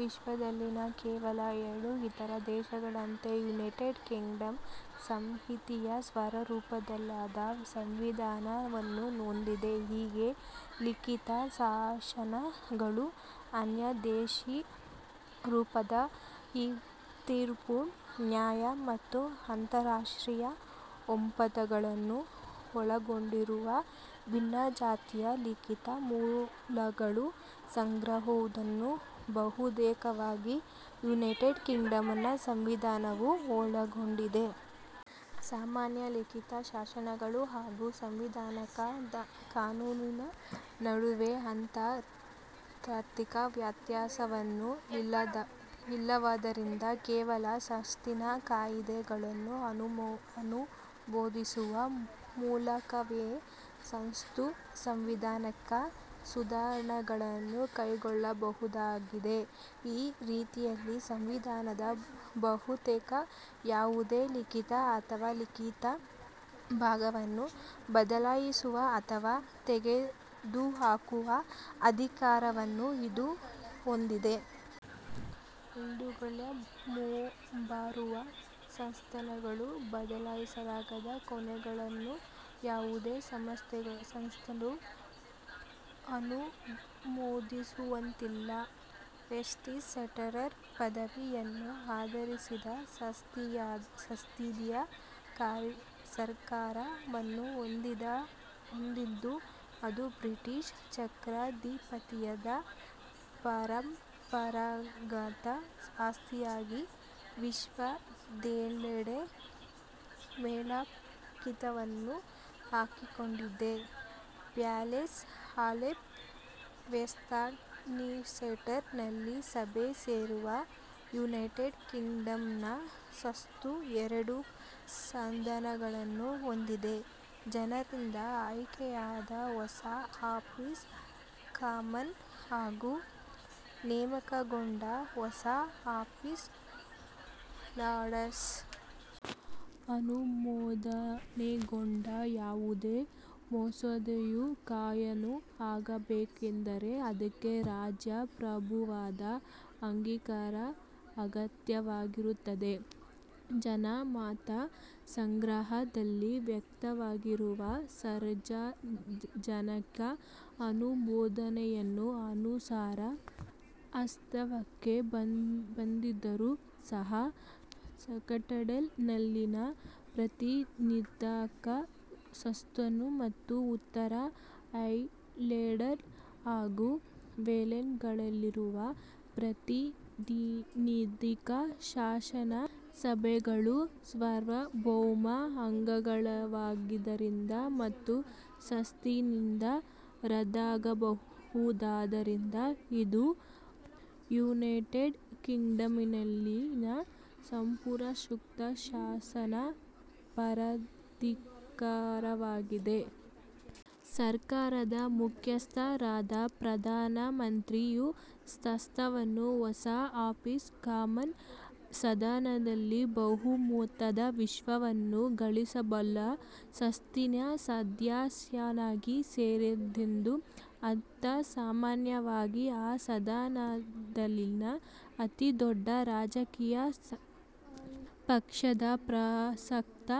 ವಿಶ್ವದಲ್ಲಿನ ಕೇವಲ ಎರಡು ಇತರ ದೇಶಗಳಂತೆ ಯುನೈಟೆಡ್ ಕಿಂಗ್ಡಂ ಸಂಹಿತೆಯ ಸ್ವರೂಪದ್ದಲ್ಲದ ಸಂವಿಧಾನ ವನ್ನು ಹೊಂದಿದೆ. ಹೀಗೆ, ಲಿಖಿತ ಶಾಸನ ಗಳು, ನ್ಯಾಯಾಧೀಶ ರೂಪಿತ ಹಿಂತೀರ್ಪು ನ್ಯಾಯ ಮತ್ತು ಅಂತರರಾಷ್ಟ್ರೀಯ ಒಪ್ಪಂದಗಳನ್ನು ಒಳಗೊಂಡಿರುವ ಭಿನ್ನಜಾತಿಯ ಲಿಖಿತ ಮೂಲಗಳ ಸಂಗ್ರಹವೊಂದನ್ನು ಬಹುತೇಕವಾಗಿ ಯುನೈಟೆಡ್ ಕಿಂಗ್ಡಂನ ಸಂವಿಧಾನ ವು ಒಳಗೊಂಡಿದೆ. ಸಾಮಾನ್ಯ ಲಿಖಿತ ಶಾಸನಗಳು ಹಾಗೂ "ಸಾಂವಿಧಾನಿಕ ಕಾನೂನಿನ" ನಡುವೆ ಅಂಥಾ ತಾಂತ್ರಿಕ ವ್ಯತ್ಯಾಸವೇನೂ ಇಲ್ಲವಾದ್ದರಿಂದ, ಕೇವಲ ಸಂಸತ್ತಿನ ಕಾಯಿದೆ ಗಳನ್ನು ಅನುಮೋದಿಸುವ ಮೂಲಕವೇ ಸಂಸತ್ತು ಸಾಂವಿಧಾನಿಕ ಸುಧಾರಣೆಗಳನ್ನು ಕೈಗೊಳ್ಳಬಲ್ಲುದಾಗಿದೆ. ಈ ರೀತಿಯಲ್ಲಿ, ಸಂವಿಧಾನದ ಬಹುತೇಕ ಯಾವುದೇ ಲಿಖಿತ ಅಥವಾ ಅಲಿಖಿತ ಭಾಗವನ್ನು ಬದಲಾಯಿಸುವ ಅಥವಾ ತೆಗೆದುಹಾಕುವ ಅಧಿಕಾರ ವನ್ನು ಇದು ಹೊಂದಿದೆ. ಆದಾಗ್ಯೂ, ಮುಂಬರುವ ಸಂಸತ್ತುಗಳು ಬದಲಿಸಲಾಗದ ಕಾನೂನುಗಳನ್ನು ಯಾವುದೇ ಸಂಸತ್ತು ಅನುಮೋದಿಸುವಂತಿಲ್ಲ. ವೆಸ್ಟ್ಮಿನಿಸ್ಟರ್ ಪದ್ಧತಿ ಯನ್ನು ಆಧರಿಸಿದ ಸಂಸದೀಯ ಸರ್ಕಾರ ವನ್ನು ಹೊಂದಿದ್ದು ಅದು ಬ್ರಿಟಿಷ್ ಚಕ್ರಾಧಿಪತ್ಯ ದ ಪರಂಪರಾಗತ ಆಸ್ತಿಯಾಗಿ ವಿಶ್ವದೆಲ್ಲೆಡೆ ಮೇಲ್ಪಂಕ್ತಿಯನ್ನು ಹಾಕಿಕೊಟ್ಟಿದೆ. ಪ್ಯಾಲೇಸ್ ಆಫ್ ವೆಸ್ಟ್ಮಿನಿಸ್ಟರ್ ನಲ್ಲಿ ಸಭೆ ಸೇರುವ ಯುನೈಟೆಡ್ ಕಿಂಗ್ಡಂನ ಸಂಸತ್ತು ಎರಡು ಸದನಗಳನ್ನು ಹೊಂದಿದೆ: ಜನರಿಂದ ಆಯ್ಕೆಯಾದ ಹೌಸ್ ಆಫ್ ಕಾಮನ್ಸ್ ಹಾಗೂ ನೇಮಕಗೊಂಡ ಹೌಸ್ ಆಫ್ ಲಾರ್ಡ್ಸ್. ಅನುಮೋದನೆಗೊಂಡ ಯಾವುದೇ ಮಸೂದೆಯು ಕಾನೂನು ಆಗಬೇಕೆಂದರೆ ಅದಕ್ಕೆ ರಾಜ ಪ್ರಭುತ್ವದ ಅಂಗೀಕಾರ ಅಗತ್ಯವಾಗಿರುತ್ತದೆ. ಜನಮತ ಸಂಗ್ರಹ ದಲ್ಲಿ ವ್ಯಕ್ತವಾಗಿರುವ ಸಾರ್ವಜನಿಕ ಅನುಮೋದನೆಯ ಅನುಸಾರ ಅಸ್ತಿತ್ವಕ್ಕೆ ಬಂದಿದ್ದರೂ ಸಹ, ಸ್ಕಾಟ್ಲೆಂಡ್ ನಲ್ಲಿನ ಪ್ರಾತಿನಿಧಿಕ ಸಂಸತ್ತು ಮತ್ತು ಉತ್ತರ ಐರ್ಲೆಂಡ್ ಹಾಗೂ ವೇಲ್ಸ್ ಗಳಲ್ಲಿರುವ ಪ್ರಾತಿನಿಧಿಕ ಶಾಸನ ಸಭೆಗಳು ಸಾರ್ವಭೌಮ ಅಂಗಗಳಾಗಿಲ್ಲವಾದ್ದರಿಂದ ಮತ್ತು ಸಂಸತ್ತಿನಿಂದ ರದ್ದಾಗಬಹುದಾದ್ದರಿಂದ ಇದು ಯುನೈಟೆಡ್ ಕಿಂಗ್ಡಂನಲ್ಲಿನ ಸರ್ವೋತ್ಕೃಷ್ಟ ಶಾಸನ ಪ್ರಾಧಿಕಾರವಾಗಿದೆ. ಸರ್ಕಾರದ ಮುಖ್ಯಸ್ಥ ರಾದ ಪ್ರಧಾನ ಮಂತ್ರಿ ಯ ಸ್ಥಾನವು ಹೌಸ್ ಆಫ್ ಕಾಮನ್ಸ್ ಸದನದಲ್ಲಿ ಬಹುಮತದ ವಿಶ್ವಾಸವನ್ನು ಗಳಿಸಬಲ್ಲ ಸಂಸತ್ತಿನ ಸದಸ್ಯನಿಗೆ ಸೇರಿದ್ದು, ಆತ ಸಾಮಾನ್ಯವಾಗಿ ಆ ಸದನದಲ್ಲಿನ ಅತಿದೊಡ್ಡ ರಾಜಕೀಯ ಪಕ್ಷದ ಪ್ರಸಕ್ತ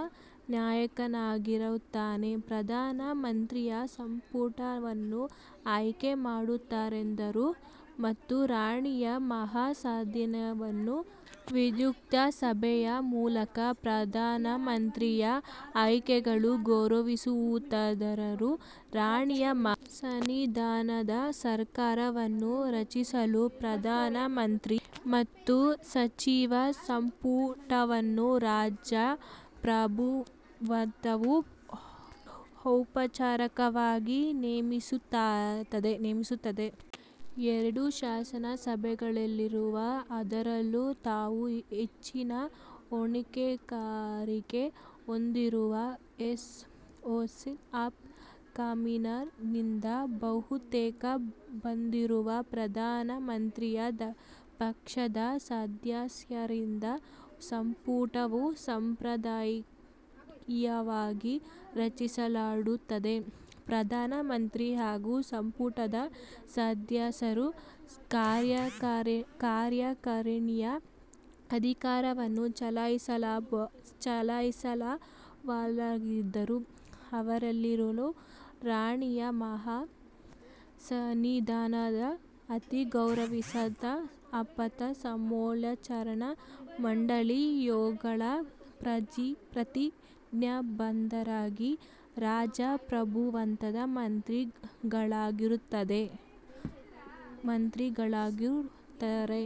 ನಾಯಕನಾಗಿರುತ್ತಾನೆ. ಪ್ರಧಾನ ಮಂತ್ರಿಯು ಸಂಪುಟವನ್ನು ಆಯ್ಕೆ ಮಾಡುತ್ತಾರಾದರೂ, ಮತ್ತು ರಾಣಿಯ ಮಹಾಸನ್ನಿಧಾನವು ವಿಧ್ಯುಕ್ತ ಸಭೆಯ ಮೂಲಕ ಪ್ರಧಾನ ಮಂತ್ರಿಯ ಆಯ್ಕೆಗಳನ್ನು ಗೌರವಿಸುತ್ತಾದಾದರೂ ರಾಣಿಯ ಮಹಾ ಸನ್ನಿಧಾನದ ಸರ್ಕಾರ ವನ್ನು ರಚಿಸಲು ಪ್ರಧಾನ ಮಂತ್ರಿ ಮತ್ತು ಸಚಿವ ಸಂಪುಟವನ್ನು ರಾಜ ಪ್ರಭುತ್ವವು ಔಪಚಾರಿಕವಾಗಿ ನೇಮಿಸುತ್ತದೆ. ಎರಡೂ ಶಾಸನ ಸಭೆಗಳಲ್ಲಿರುವ, ಅದರಲ್ಲೂ ತಾವು ಹೆಚ್ಚಿನ ಹೊಣೆಗಾರಿಕೆ ಹೊಂದಿರುವ ಹೌಸ್ ಆಫ್ ಕಾಮನ್ಸ್ನಿಂದ ಬಹುತೇಕ ಬಂದಿರುವ ಪ್ರಧಾನ ಮಂತ್ರಿಯ ಪಕ್ಷದ ಸದಸ್ಯರಿಂದ ಸಂಪುಟ ವು ಸಾಂಪ್ರದಾಯಿಕವಾಗಿ ರಚಿಸಲ್ಪಡುತ್ತದೆ. ಪ್ರಧಾನ ಮಂತ್ರಿ ಹಾಗೂ ಸಂಪುಟದ ಸದಸ್ಯರು ಕಾರ್ಯಕಾರಿಣಿಯ ಅಧಿಕಾರವನ್ನು ಚಲಾಯಿಸಬಲ್ಲವರಾಗಿದ್ದು, ಅವರೆಲ್ಲರೂ ರಾಣಿಯ ಮಹಾ ಸನ್ನಿಧಾನದ ಅತಿ ಗೌರವಾನ್ವಿತ ಆಪ್ತ ಸಮಾಲೋಚನಾ ಮಂಡಳಿ ಯೊಳಗೆ ಪ್ರತಿಜ್ಞಾಬದ್ಧರಾಗಿ, ರಾಜ ಪ್ರಭುತ್ವದ ಮಂತ್ರಿ ಗಳಾಗುತ್ತಾರೆ.